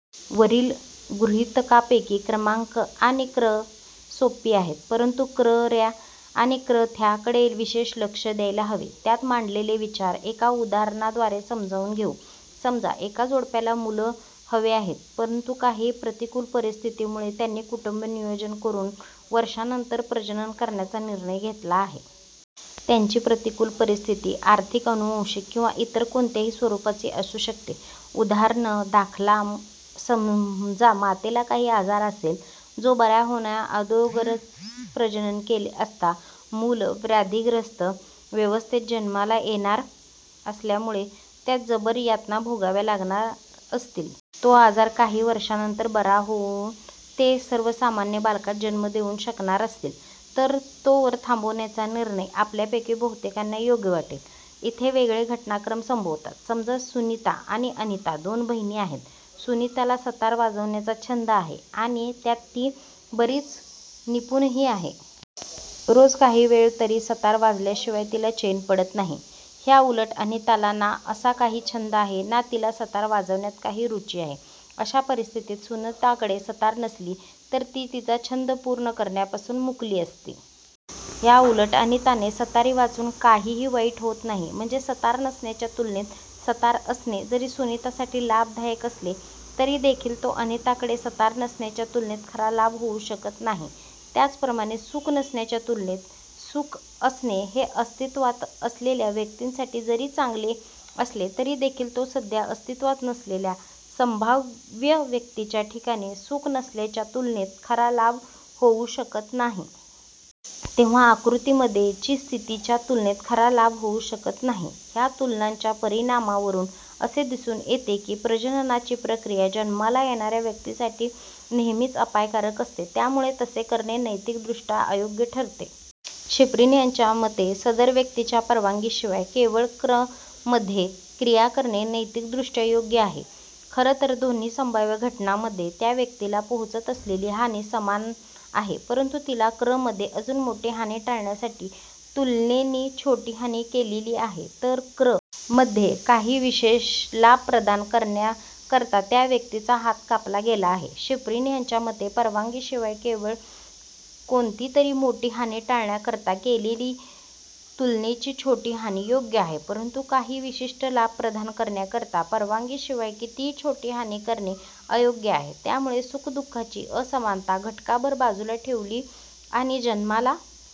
वरील गृहीतकांपैकी क्र. आणि क्र. सोपी आहेत परंतु क्र. ऱ्या आणि क्र. थ्या कडे विशेष लक्ष द्यायला हवे. त्यात मांडलेले विचार एका उदाहरणा द्वारे समजावून घेऊ. समजा एका जोडप्याला मुल हवे आहे, परंतु काही प्रतिकूल परिस्थितीमुळे त्यांनी कुटुंबनियोजन करून वर्षांनंतर प्रजनन करण्याचा निर्णय घेतला आहे. त्यांची प्रतिकुल परिस्थिती आर्थिक, अनुवंशिक किंवा इतर कोणत्याही स्वरूपाची असू शकते. उदाहरणा दाखल समजा मातेला काही आजार असेल जो बरा होण्या अगोदर प्रजनन केले असता मुल व्याधिग्रस्त अवस्थेत जन्माला येणार असल्यामुळे त्यास जबर यातना भोगाव्या लागणार असतील. तो आजार काही वर्षांनंतर बरा होऊन ते सर्वसामान्य बालकास जन्म देऊ शकणार असतील, तर तोवर थांबण्याचा निर्णय आपल्यापैकी बहुतेकांना योग्य वाटेल. इथे वेगळे घटनाक्रम संभवतात -समजा सुनीता आणि अनिता दोन बहिणी आहेत. सुनीताला सतार वाजवण्याच्या छंद आहे आणि त्यात ती बरीच निपुणही आहे. रोज काही वेळ तरी सतार वाजवल्या शिवाय तिला चैन पडत नाही. ह्या उलट अनिताला ना असा काही छंद आहे न तिला सतार वाजवण्यात काही रुची आहे. अश्या परिस्थितीत सुनिताकडे सतार नसती तर ती तिचा छंद पूर्ण कारण्यापासून मुकली असती. ह्या उलट अनिताचे सतारी वाचून काहीही वाईट होत नाही. म्हणजे सतार नसण्याच्या तुलनेत सतार असणे जरी सुनीतासाठी लाभदायक असले तरी देखील तो अनिताकडे सतार नसण्याच्या तुलनेत खरा लाभ होऊ शकत नाही. त्याच प्रमाणे सुख नसण्याच्या तुलनेत सुख असणे हे अस्तित्वात असलेल्या व्यक्तीसाठी जरी चांगले असले तरी देखील तो सध्या अस्तित्वात नसलेल्या संभाव्य व्यक्तीच्या ठिकाणी सुख नसल्याच्या तुलनेत खरा लाभ होऊ शकत नाही. तेंव्हा आकृती मध्ये ची स्थिती च्या तुलनेत खरा लाभ होऊ शकत नाही. ह्या तुलनांच्या परिणामांवरून असे दिसून येते की प्रजननाची प्रक्रिया जन्माला येणाऱ्या व्यक्तीसाठी नेहेमीच अपायकारक असते. त्यामुळे तसे करणे नैतिक दृष्ट्या अयोग्य ठरते. शिफ्रीन ह्यांच्या मते सदर व्यक्तीच्या परवानगीविना केवळ क्र. मध्ये क्रिया करणे नैतिक दृष्ट्या योग्य आहे. खरं तर दोन्ही संभाव्य घटनांमध्ये त्या व्यक्तीला पोहोचत असलेली हानी समान आहे. परंतु तिला क्र. मध्ये अजून मोठी हानी टाळण्यासाठी तुलनेनी छोटी हानी केलेली आहे तर क्र. मध्ये काही विशेष लाभ प्रदान करण्याकरता त्या व्यक्तीचा हात कापला गेला आहे. शिफ्रीन ह्यांच्या मते परवानगीशिवाय केवळ कोणतीतरी मोठी हानी टाळण्याकरता केलेली तुलनेनी छोटी हानी योग्य आहे परंतु काही विशिष्ट लाभ प्रदान करण्याकरता परवानगीशिवाय कितीही छोटी हानी करणे अयोग्य आहे. त्यामुळे सुख-दुःखाची असमानता घटकाभर बाजूला ठेवली आणि जन्माला